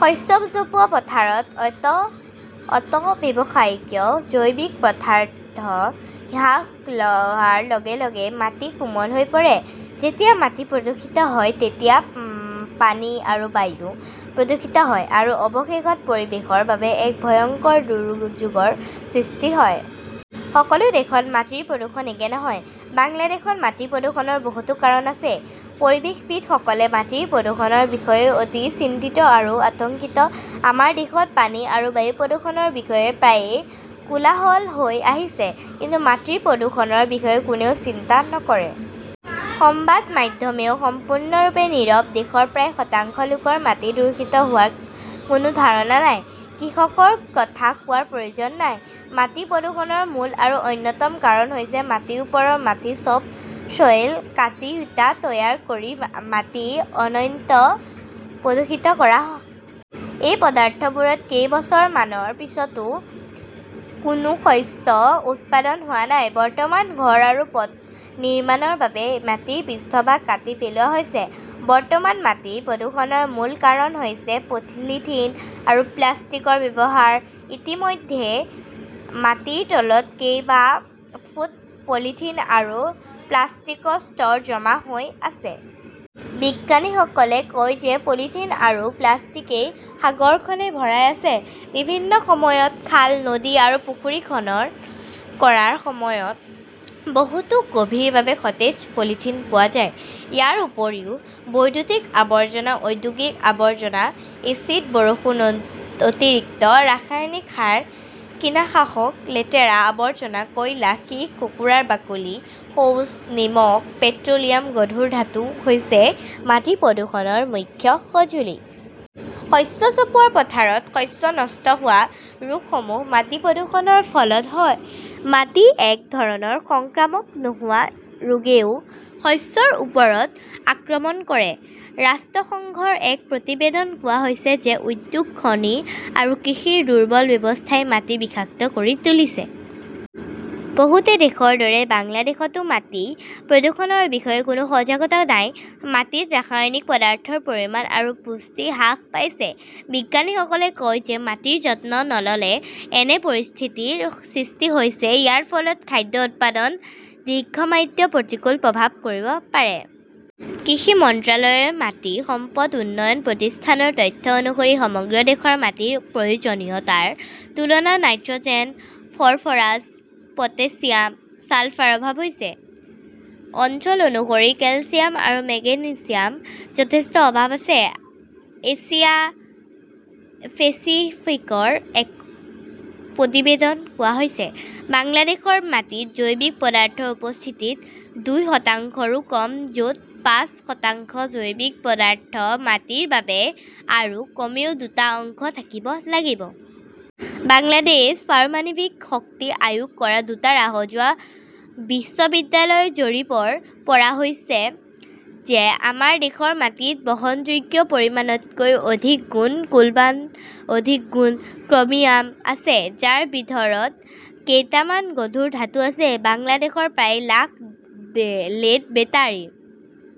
শস্য চপোৱা পথাৰত অত্যাৱশ্যকীয় জৈৱিক পদাৰ্থ হ্ৰাস হোৱাৰ লগে লগে মাটি কোমল হৈ পৰে। যেতিয়া মাটি প্ৰদূষিত হয় তেতিয়া পানী আৰু বায়ু প্ৰদূষিত হয় আৰু অৱশেষত পৰিৱেশৰ বাবে এক ভয়ংকৰ দুৰ্যোগৰ সৃষ্টি হয়। সকলো দেশত মাটিৰ প্ৰদূষণ একে নহয়। বাংলাদেশত মাটি প্ৰদূষণৰ বহুতো কাৰণ আছে। পৰিৱেশবিদসকলে মাটিৰ প্ৰদূষণৰ বিষয়ে অতি চিন্তিত আৰু আতংকিত। আমাৰ দেশত পানী আৰু বায়ু প্ৰদূষণৰ বিষয়ে প্ৰায়ে কোলাহল হৈ আহিছে। কিন্তু মাটিৰ প্ৰদূষণৰ বিষয়ে কোনেও চিন্তা নকৰে। সংবাদ মাধ্যমেও সম্পূৰ্ণৰূপে নীৰৱ। দেশৰ প্ৰায় শতাংশ লোকৰ মাটি দূষিত হোৱাৰ কোনো ধাৰণা নাই। কৃষকৰ কথা কোৱাৰ প্ৰয়োজন নাই। মাটি প্ৰদূষণৰ মূল আৰু অন্যতম কাৰণ হৈছে মাটিৰ ওপৰৰ মাটি 'টপ চ'ইল কাটি ইটা তৈয়াৰ কৰি মাটি অত্যন্ত প্ৰদূষিত কৰা। এই পথাৰবোৰত কেইবছৰমানৰ পিছতো কোনো শস্য উৎপাদন হোৱা নাই। বৰ্তমান ঘৰ আৰু পথ নিৰ্মাণৰ বাবে মাটিৰ পৃষ্ঠভাগ কাটি পেলোৱা হৈছে। বৰ্তমান মাটি প্ৰদূষণৰ মূল কাৰণ হৈছে পলিথিন আৰু প্লাষ্টিকৰ ব্যৱহাৰ। ইতিমধ্যে মাটিৰ তলত কেইবা ফুট পলিথিন আৰু প্লাষ্টিকৰ স্তৰ জমা হৈ আছে। বিজ্ঞানীসকলে কয় যে পলিথিন আৰু প্লাষ্টিকেই সাগৰখন ভৰাই আছে। বিভিন্ন সময়ত খাল, নদী আৰু পুখুৰী খনন কৰাৰ সময়ত বহুতো গভীৰভাৱে সতেজ পলিথিন পোৱা যায়। ইয়াৰ উপৰিও বৈদ্যুতিক আৱৰ্জনা, ঔদ্যোগিক আৱৰ্জনা, এচিড বৰষুণ, অতিৰিক্ত ৰাসায়নিক সাৰ, কীটনাশক, লেতেৰা আৱৰ্জনা, কয়লা, সীহ, কুকুৰাৰ বাকলি, শৌচ, নিমখ, পেট্ৰ'লিয়াম, গধুৰ ধাতু হৈছে মাটি প্ৰদূষণৰ মুখ্য সঁজুলি। শস্য চপোৱা পথাৰত শস্য নষ্ট হোৱা ৰোগসমূহ মাটি প্ৰদূষণৰ ফলত হয়। মাটিত এক ধৰণৰ সংক্ৰামক নোহোৱা ৰোগেও শস্যৰ ওপৰত আক্ৰমণ কৰে। ৰাষ্ট্ৰসংঘৰ এক প্ৰতিবেদনত কোৱা হৈছে যে উদ্যোগ, খনি আৰু কৃষিৰ দুৰ্বল ব্যৱস্থাই মাটি বিষাক্ত কৰি তুলিছে। বহুতো দেশৰ দৰে বাংলাদেশতো মাটি প্ৰদূষণৰ বিষয়ে কোনো সজাগতা নাই। মাটিত ৰাসায়নিক পদাৰ্থৰ পৰিমাণ আৰু পুষ্টি হ্ৰাস পাইছে। বিজ্ঞানীসকলে কয় যে মাটিৰ যত্ন নল'লে এনে পৰিস্থিতিৰ সৃষ্টি হৈছে। ইয়াৰ ফলত খাদ্য উৎপাদনত দীৰ্ঘম্যাদী প্ৰতিকূল প্ৰভাৱ পৰিব পাৰে। কৃষি মন্ত্ৰালয়ৰ মাটি সম্পদ উন্নয়ন প্ৰতিষ্ঠানৰ তথ্য অনুসৰি সমগ্ৰ দেশৰ মাটিত প্ৰয়োজনীয়তাৰ তুলনাত নাইট্ৰ'জেন, ফছফৰাছ, পটাছিয়াম, ছালফাৰ অভাৱ আছে। অঞ্চল অনুসৰি কেলচিয়াম আৰু মেগনেছিয়ামৰ যথেষ্ট অভাৱ আছে। এছিয়া পেচিফিকৰ এক প্ৰতিবেদনত কোৱা হৈছে, বাংলাদেশৰ মাটিত জৈৱিক পদাৰ্থৰ উপস্থিতি দুই শতাংশৰো কম, য 'ত পাঁচ শতাংশ জৈৱিক পদাৰ্থ মাটিৰ বাবে ভাল আৰু কমেও দুটা অংশ থাকিব লাগিব। বাংলাদেশ পাৰমাণৱিক শক্তি আয়োগ আৰু দুটা ৰাজহুৱা বিশ্ববিদ্যালয়ৰ জৰীপৰ পৰা পোৱা গৈছে যে আমাৰ দেশৰ মাটিত বহনযোগ্য পৰিমাণতকৈ অধিক গুণ কোৱাল্ট, অধিক গুণ ক্ৰমিয়াম আছে, যাৰ ভিতৰত কেইটামান গধুৰ ধাতু আছে। বাংলাদেশৰ প্ৰায় লাখ লেড বেটাৰী